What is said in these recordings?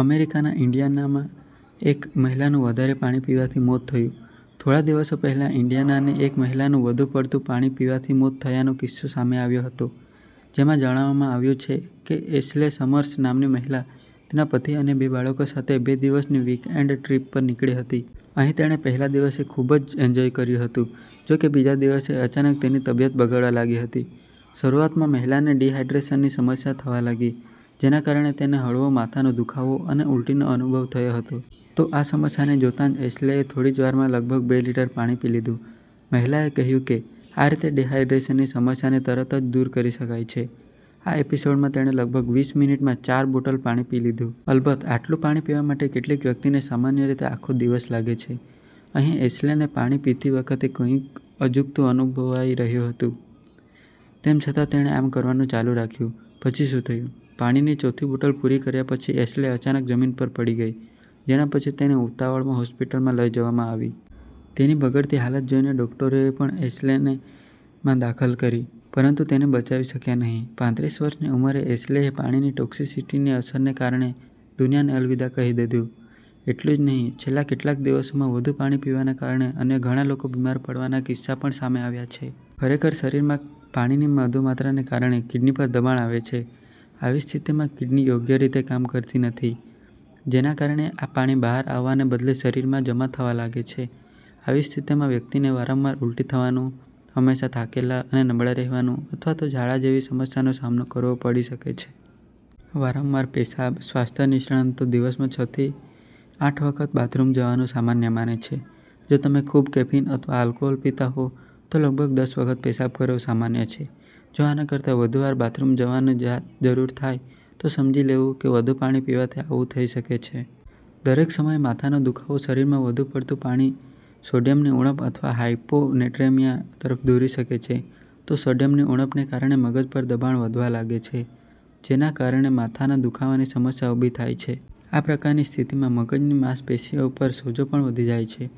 અમેરિકાના ઈન્ડિયાનામાં એક મહિલાનું વધારે પાણી પીવાથી મોત થયું થોડા દિવસો પહેલા ઈન્ડિયાનાની એક મહિલાનું વધુ પડતું પાણી પીવાથી મોત થયાનો કિસ્સો સામે આવ્યો હતો. જેમાં જણાવવામાં આવ્યું હતું કે, એશ્લે સમર્સ નામની મહિલા તેના પતિ અને બે બાળકો સાથે બે દિવસની વીકએન્ડ ટ્રીપ પર નીકળી હતી. અહીં તેણે પહેલા દિવસે ખૂબ જ એન્જોય કર્યું હતું, જોકે બીજા દિવસે અચાનક તેની તબિયત બગડવા લાગી હતી. શરૂઆતમાં, મહિલાને ડિહાઇડ્રેશનની સમસ્યા થવા લાગી. જેના કારણે તેને હળવો માથાનો દુખાવો અને ઉલ્ટીનો અનુભવ થતો હતો. તો, આ સમસ્યાને જોતા એશ્લેએ થોડી જ વારમાં લગભગ બે લિટર પાણી પી લીધું. મહિલાએ કહ્યું કે, આ રીતે ડિહાઈડ્રેશનની સમસ્યાને તરત જ દૂર કરી શકાય છે. આ એપિસોડમાં તેણે લગભગ વીસ મિનિટમાં ચાર બોટલ પાણી પી લીધું. અલબત્ત, આટલું પાણી પીવા માટે કેટલીક વ્યક્તિને સામાન્ય રીતે આખો દિવસ લાગે છે. અહીં એશ્લેને પાણી પીતી વખતે પણ કંઈક અજુગતું અનુભવાઈ રહ્યું હતું, તેમ છતાં તેણે આમ કરવાનું ચાલુ રાખ્યું. પછી શું થયું, પાણીની ચોથી બોટલ પૂરી કર્યા પછી એશ્લે અચાનક જમીન પર જ પડી ગઈ, જેના પછી તેને ઉતાવળમાં હોસ્પિટલ લઈ જવામાં આવી. તેની બગડતી હાલત જોઈને ડોક્ટરોએ પણ એશ્લેને માં દાખલ કરી, પરંતુ તેને બચાવી શક્યા નહીં. પાંત્રીસ વર્ષની ઉંમરે એશ્લેએ પાણીની ટોક્સીસિટીની અસરને કારણે દુનિયાને અલવિદા કહી દીધું. એટલું જ નહીં, છેલ્લા કેટલાક દિવસોમાં વધુ પાણી પીવાના કારણે અન્ય ઘણા લોકો બીમાર પડવાના કિસ્સા પણ સામે આવ્યા છે. ખરેખર, શરીરમાં પાણીની વધુ માત્રાને કારણે, કિડની પર દબાણ આવે છે. આવી સ્થિતિમાં, કિડની યોગ્ય રીતે કામ કરતી નથી, જેના કારણે આ પાણી બહાર આવવાને બદલે શરીરમાં જમા થવા લાગે છે. આવી સ્થિતિમાં વ્યક્તિને વારંવાર ઉલ્ટી થવાનું, હંમેશા થાકેલા અને નબળા રહેવાનું અથવા તો ઝાડા જેવી સમસ્યાનો સામનો કરવો પડી શકે છે. વારંવાર પેશાબ સ્વાસ્થ્ય નિષ્ણાતો દિવસમાં છ થી આઠ વખત બાથરૂમ જવાને સામાન્ય માને છે. જો તમે ખૂબ કેફીન અથવા આલ્કોહોલ પીતા હો, તો લગભગ દસ વખત પેશાબ કરવો સામાન્ય છે. જો આના કરતાં વધુ વાર બાથરૂમ જવાની જરૂર થાય તો સમજી લેવું કે વધુ પાણી પીવાથી આવું થઈ શકે છે. દરેક સમયે માથાનો દુખાવો શરીરમાં વધુ પડતું પાણી સોડિયમની ઉણપ અથવા હાઈપો નેટ્રેમિયા તરફ દોરી શકે છે. તો, સોડિયમની ઉણપને કારણે, મગજ પર દબાણ વધવા લાગે છે, જેના કારણે માથાના દુખાવાની સમસ્યા ઊભી થાય છે. આ પ્રકારની સ્થિતિમાં મગજની માંસપેશીઓ પર સોજો પણ વધી જાય છે,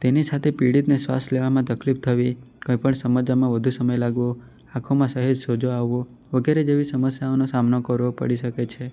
તેની સાથે પીડિતને શ્વાસ લેવામાં તકલીફ થવી, કંઈપણ સમજવામાં વધુ સમય લાગવો, આંખોમાં સહેજ સોજો આવવો, વગેરે જેવી સમસ્યાઓનો સામનો કરવો પડી શકે છે.